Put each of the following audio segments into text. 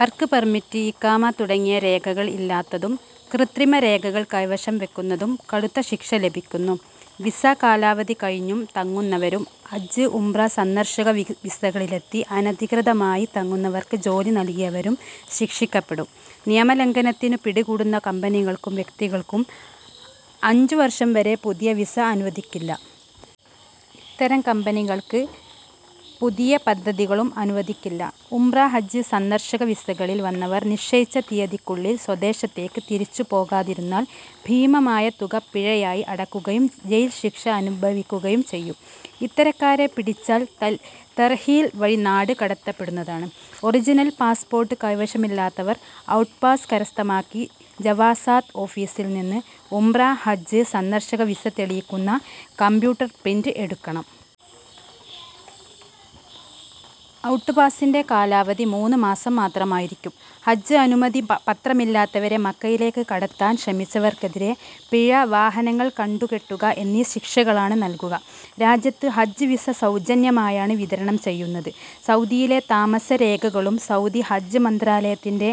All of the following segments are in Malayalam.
വർക്ക് പെർമിറ്റ്, ഇഖാമ തുടങ്ങിയ രേഖകൾ ഇല്ലാത്തതും കൃത്രിമരേഖകൾ കൈവശം വെക്കുന്നതും കടുത്ത ശിക്ഷ ലഭിക്കുന്നു. വിസ കാലാവധി കഴിഞ്ഞും തങ്ങുന്നവരും ഹജ്ജ്, ഉംറ, സന്ദർശക വിസകളിലെത്തി അനധികൃതമായി തങ്ങുന്നവർക്ക് ജോലി നൽകിയവരും ശിക്ഷിക്കപ്പെടും. നിയമലംഘനത്തിനു പിടികൂടുന്ന കമ്പനികൾക്കും വ്യക്തികൾക്കും അഞ്ചു വർഷം വരെ പുതിയ വിസ അനുവദിക്കില്ല. ഇത്തരം കമ്പനികൾക്ക് പുതിയ പദ്ധതികളും അനുവദിക്കില്ല. ഉംറ, ഹജ്ജ്, സന്ദർശക വിസകളിൽ വന്നവർ നിശ്ചയിച്ച തീയതിക്കുള്ളിൽ സ്വദേശത്തേക്ക് തിരിച്ചു പോകാതിരുന്നാൽ ഭീമമായ തുക പിഴയായി അടക്കുകയും ജയിൽ ശിക്ഷ അനുഭവിക്കുകയും ചെയ്യും. ഇത്തരക്കാരെ പിടിച്ചാൽ തർഹീൽ വഴി നാട് കടത്തപ്പെടുന്നതാണ്. ഒറിജിനൽ പാസ്പോർട്ട് കൈവശമില്ലാത്തവർ ഔട്ട്പാസ് കരസ്ഥമാക്കി ജവാസാത്ത് ഓഫീസിൽനിന്ന് ഉംറ/ ഹജ്ജ്/ സന്ദർശക വിസ തെളിയിക്കുന്ന കമ്പ്യൂട്ടർ പ്രിന്റ് എടുക്കണം. ഔട്ട് പാസിന്റെ കാലാവധി മൂന്ന് മാസം മാത്രമായിരിക്കും. ഹജ്ജ് അനുമതി പത്രമില്ലാത്തവരെ മക്കയിലേക്ക് കടത്താൻ ശ്രമിച്ചവർക്കെതിരെ പിഴ, വാഹനങ്ങൾ കണ്ടുകെട്ടുക എന്നീ ശിക്ഷകളാണ് നൽകുക. രാജ്യത്ത് ഹജ്ജ് വിസ സൗജന്യമായാണ് വിതരണം ചെയ്യുന്നത്. സൗദിയിലെ താമസരേഖകളും സൗദി ഹജ്ജ് മന്ത്രാലയത്തിന്റെ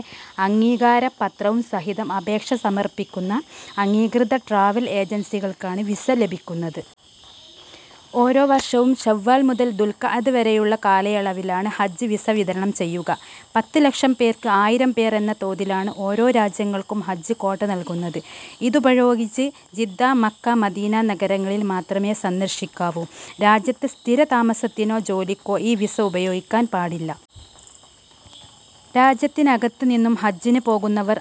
അംഗീകാരപത്രവും സഹിതം അപേക്ഷ സമർപിക്കുന്ന അംഗീകൃത ട്രാവൽ ഏജൻസികൾക്കാണ് വിസ ലഭിക്കുന്നത്. ഓരോ വർഷവും ശവ്വാൽ മുതൽ ദുൽഖഅദ് വരെയുള്ള കാലയളവിലാണ് ഹജ്ജ് വിസ വിതരണം ചെയ്യുക. പത്ത് ലക്ഷം പേർക്ക് ആയിരം പേർ എന്ന തോതിലാണ് ഓരോ രാജ്യങ്ങൾക്കും ഹജ്ജ് ക്വാട്ട നൽകുന്നത്. ഇതുപയോഗിച്ച് ജിദ്ദ, മക്ക, മദീന നഗരങ്ങളിൽ മാത്രമേ സന്ദർശിക്കാവൂ. രാജ്യത്ത് സ്ഥിര താമസത്തിനോ ജോലിക്കോ ഈ വിസ ഉപയോഗിക്കാൻ പാടില്ല. രാജ്യത്തിനകത്ത് നിന്നും ഹജ്ജിനു പോകുന്നവർ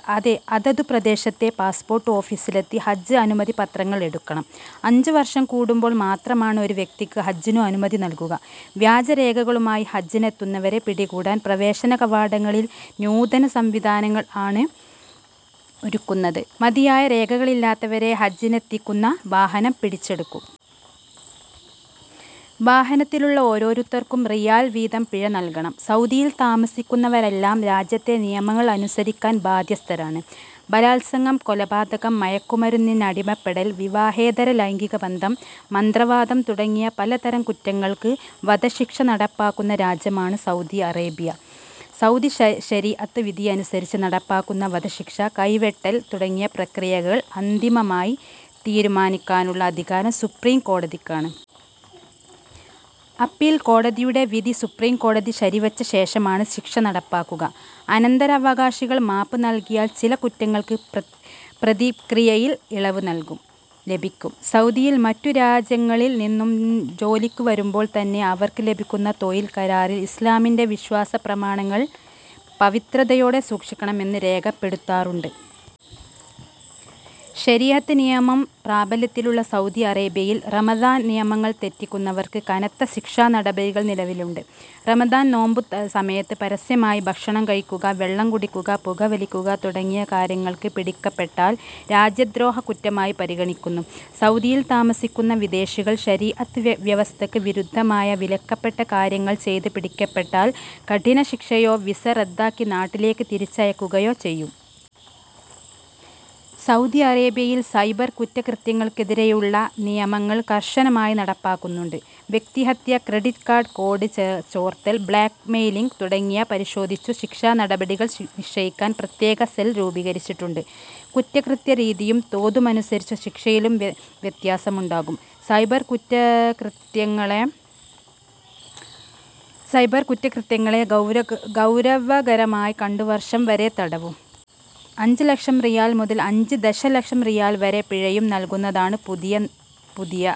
അതതു പ്രദേശത്തെ പാസ്പോർട്ട് ഓഫീസിലെത്തി ഹജ്ജ് അനുമതിപത്രങ്ങൾ എടുക്കണം. അഞ്ചു വർഷം കൂടുമ്പോൾ മാത്രമാണ് ഒരു വ്യക്തിക്ക് ഹജ്ജിനു അനുമതി നൽകുക. വ്യാജരേഖകളുമായി ഹജ്ജിനെത്തുന്നവരെ പിടികൂടാൻ പ്രവേശന കവാടങ്ങളിൽ നൂതന സംവിധാനങ്ങൾ ആണ് ഒരുക്കുന്നത്. മതിയായ രേഖകളില്ലാത്തവരെ ഹജ്ജിനെത്തിക്കുന്ന വാഹനം പിടിച്ചെടുക്കും. വാഹനത്തിലുള്ള ഓരോരുത്തർക്കും റിയാൽ വീതം പിഴ നൽകണം സൗദിയിൽ താമസിക്കുന്നവരെല്ലാം രാജ്യത്തെ നിയമങ്ങൾ അനുസരിക്കാൻ ബാധ്യസ്ഥരാണ്. ബലാത്സംഗം, കൊലപാതകം, മയക്കുമരുന്നിനടിമപ്പെടൽ, വിവാഹേതര ലൈംഗിക ബന്ധം, മന്ത്രവാദം തുടങ്ങിയ പലതരം കുറ്റങ്ങൾക്ക് വധശിക്ഷ നടപ്പാക്കുന്ന രാജ്യമാണ് സൗദി അറേബ്യ. സൗദി ശരീഅത്ത് വിധിയനുസരിച്ച് നടപ്പാക്കുന്ന വധശിക്ഷ, കൈവെട്ടൽ തുടങ്ങിയ പ്രതിക്രിയകൾ അന്തിമമായി തീരുമാനിക്കാനുള്ള അധികാരം സുപ്രീംകോടതിക്കാണ്. അപ്പീൽ കോടതിയുടെ വിധി സുപ്രീംകോടതി ശരിവെച്ച ശേഷമാണ് ശിക്ഷ നടപ്പാക്കുക. അനന്തരാവകാശികൾ മാപ്പ് നൽകിയാൽ ചില കുറ്റങ്ങൾക്ക് പ്രതിക്രിയയിൽ ഇളവ് ലഭിക്കും. സൗദിയിൽ മറ്റു രാജ്യങ്ങളിൽ നിന്നും ജോലിക്കു വരുമ്പോൾ തന്നെ അവർക്ക് ലഭിക്കുന്ന തൊഴിൽ കരാറിൽ ഇസ്ലാമിന്റെ വിശ്വാസ പ്രമാണങ്ങൾ പവിത്രതയോടെ സൂക്ഷിക്കണം എന്ന് രേഖപ്പെടുത്താറുണ്ട്. ശരീഅത്ത് നിയമം പ്രാബല്യത്തിലുള്ള സൗദി അറേബ്യയിൽ റമദാൻ നിയമങ്ങൾ തെറ്റിക്കുന്നവർക്ക് കനത്ത ശിക്ഷാ നടപടികൾ നിലവിലുണ്ട്. റമദാൻ നോമ്പു സമയത്ത് പരസ്യമായി ഭക്ഷണം കഴിക്കുക, വെളളം കുടിക്കുക, പുകവലിക്കുക തുടങ്ങിയ കാര്യങ്ങൾക്ക് പിടിക്കപ്പെട്ടാൽ രാജ്യദ്രോഹ കുറ്റമായി പരിഗണിക്കുന്നു. സൗദിയിൽ താമസിക്കുന്ന വിദേശികൾ ശരീഅത്ത് വ്യവസ്ഥക്ക് വിരുദ്ധമായ വിലക്കപ്പെട്ട കാര്യങ്ങൾ ചെയ്ത് പിടിക്കപ്പെട്ടാൽ കഠിന ശിക്ഷയോ വിസ റദ്ദാക്കി നാട്ടിലേക്ക് തിരിച്ചയക്കുകയോ ചെയ്യും. സൗദി അറേബ്യയിൽ സൈബർ കുറ്റകൃത്യങ്ങൾക്കെതിരെയുളള നിയമങ്ങൾ കർശനമായി നടപ്പാക്കുന്നുണ്ട്. വ്യക്തിഹത്യ, ക്രെഡിറ്റ് കാർഡ് കോഡ് ചോർത്തൽ, ബ്ലാക്ക്മെയ്ലിങ് തുടങ്ങിയവ പരിശോധിച്ചു ശിക്ഷാ നടപടികൾ നിശ്ചയിക്കാൻ പ്രത്യേക സെൽ രൂപീകരിച്ചിട്ടുണ്ട്. കുറ്റകൃത്യ രീതിയും തോതുമനുസരിച്ചു ശിക്ഷയിലും വ്യത്യാസമുണ്ടാകും. സൈബർ കുറ്റകൃത്യങ്ങളെ ഗൗരവകരമായി കണ്ടു വർഷം വരെ തടവും അഞ്ച് ലക്ഷം റിയാൽ മുതൽ അഞ്ച് ദശലക്ഷം റിയാൽ വരെ പിഴയും നൽകുന്നതാണു പുതിയ